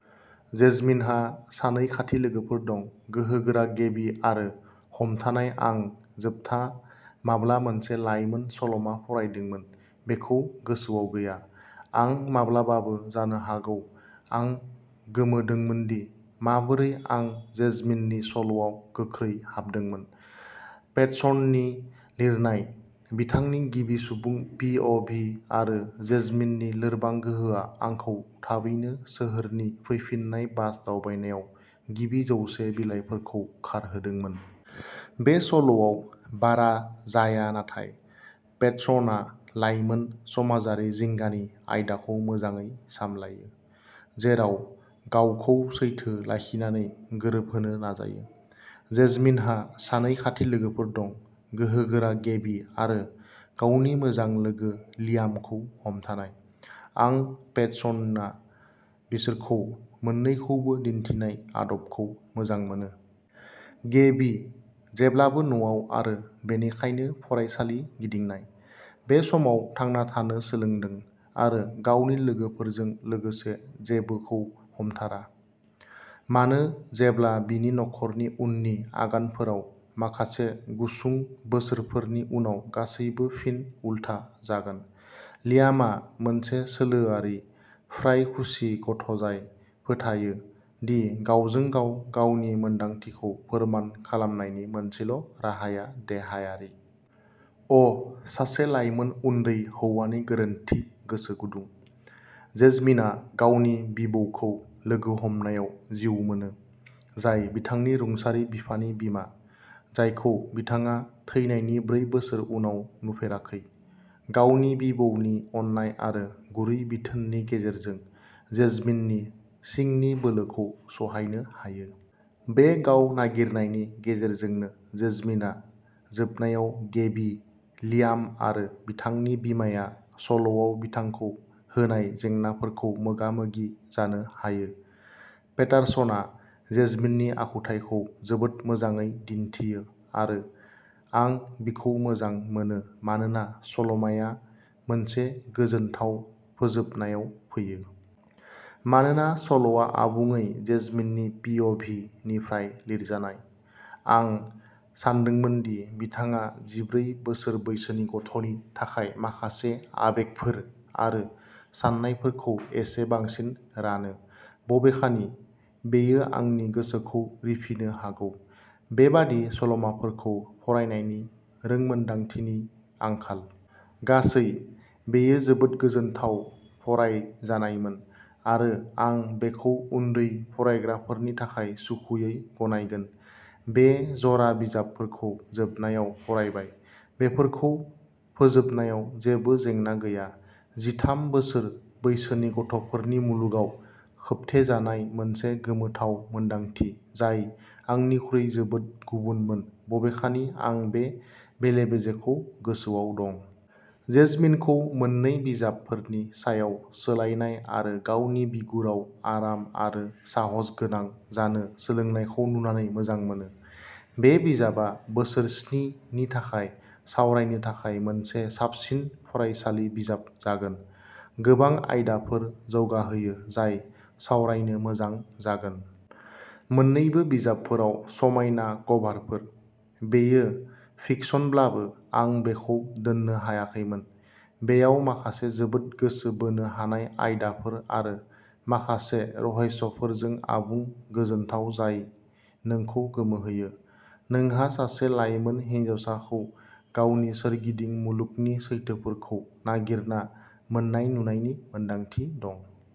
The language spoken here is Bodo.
जेजमिनहा सानै खाथि लोगोफोर दं, गोहोगोरा गेबी आरो हमथानाय आं जोबथा माब्ला मोनसे लाइमोन सल'मा फरायदोंमोन बेखौ गोसोआव गैया। आं माब्लाबाबो जानो हागौ। आं गोमोदोंमोनदि माबोरै आं जेजमिननि सल'आव गोख्रै हाबदोंमोन। पेटर्सननि लिरनाय, बिथांनि गिबि सुबुं पि अ भि आरो जेजमिननि लोरबां गोहोआ आंखौ थाबैनो सोहोरनि फैफिन्नाय बास दावबायनायाव गिबि जौसे बिलाइफोरखौ खारहोदोंमोन। बे सल'आव बारा जाया नाथाय पेटसनाआ लाइमोन समाजारि जिंगानि आयदाखौ मोजाङै सामलायो, जेराव गावखौ सैथो लाखिनानै गोरोबहोनो नाजायो। जेजमिनहा सानै खाथि लोगोफोर दं, गोहोगोरा गेबी आरो गावनि मोजां लोगो लियामखौ हमथानाय। आं पेटसनाआ बिसोरखौ मोन्नैखौबो दिन्थिनाय आदबखौ मोजां मोनो। गेबी, जेब्लाबो न'आव आरो बेनिखायनो फरायसालि गिदिंनाय, बे समाव थांना थानो सोलोंदों आरो गावनि लोगोफोरजों लोगोसे जेबोखौ हमथारा। मानो जेब्ला बिनि नखरनि उननि आगानफोराव माखासे गुसुं बोसोरफोरनि उनाव गासैबो फिन उलथा जागोन। लियामआ मोनसे सोलोआरि, फ्राय खुसि गथ'जाय फोथायो दि गावजों गाव गावनि मोनदांथिखौ फोरमान खालामनायनि मोनसेल' राहाया देहायारि। अ सासे लाइमोन उन्दै हौवानि गोरोन्थि गोसो गुदुं। जेजमिनआ गावनि बिबौखौ लोगो हमनायाव जिउ मोनो, जाय बिथांनि रुंसारि बिफानि बिमा, जायखौ बिथाङा थैनायनि ब्रै बोसोर उनाव नुफेराखै। गावनि बिबौनि अननाय आरो गुरै बिथोननि गेजेरजों, जेजमिननि सिंनि बोलोखौ सहायनो हायो। बे गाव-नागिरनायनि गेजेरजोंनो, जेजमिनआ जोबनायाव गेबी, लियाम आरो बिथांनि बिमाया सल'आव बिथांखौ होनाय जेंनाफोरखौ मोगा-मोगि जानो हायो। पेटारसनआ जेजमिननि आखुथाइखौ जोबोद मोजाङै दिन्थियो आरो आं बिखौ मोजां मोनो मानोना सल'माआ मोनसे गोजोनथाव फोजोबनायाव फैयो। मानोना सल'आ आबुङै जेजमिननि पि अ भि निफ्राय लिरजानाय, आं सानदोंमोन दि बिथाङा जिब्रै बोसोर बैसोनि गथ'नि थाखाय माखासे आबेगफोर आरो साननायफोरखौ एसे बांसिन रानो। बबेखानि, बेयो आंनि गोसोखौ रिफिनो हागौ। बेबादि सल'माफोरखौ फरायनायनि रोंमोनदांथिनि आंखाल। गासै, बेयो जोबोद गोजोनथाव फरायजानायमोन आरो आं बेखौ उन्दै फरायग्राफोरनि थाखाय सुखुयै गनायगोन। बे जरा बिजाबफोरखौ जोबनायाव फरायबाय। बेफोरखौ फोजोबनायाव जेबो जेंना गैया। जिथाम बोसोर बैसोनि गथ'फोरनि मुलुगाव खोबथेजानाय मोनसे गोमोथाव मोनदांथि जाय आंनिख्रुइ जोबोद गुबुनमोन-बबेखानि आं बे बेले-बेजेखौ गोसोआव दं। जेजमिनखौ मोन्नै बिजाबफोरनि सायाव सोलायनाय आरो गावनि बिगुराव आराम आरो साहसगोनां जानो सोलोंनायखौ नुनानै मोजां मोनो। बे बिजाबआ बोसोर स्नि नि थाखाय सावरायनो थाखाय मोनसे साबसिन फरायसालि बिजाब जागोन। गोबां आयदाफोर जौगाहोयो जाय सावरायनो मोजां जागोन। मोन्नैबो बिजाबफोराव समायना कभारफोर। बेयो फिकशनब्लाबो आं बेखौ दोननो हायाखैमोन। बेयाव माखासे जोबोद गोसो बोनो हानाय आयदाफोर आरो माखासे रहस्यफोरजों आबुं गोजोनथाव जाय नोंखौ गोमोहोयो। नोंहा सासे लाइमोन हिनजावसाखौ गावनि सोरगिदिं मुलुगनि सैथोफोरखौ नागिरना मोन्नाय नुनायनि मोनदांथि दं।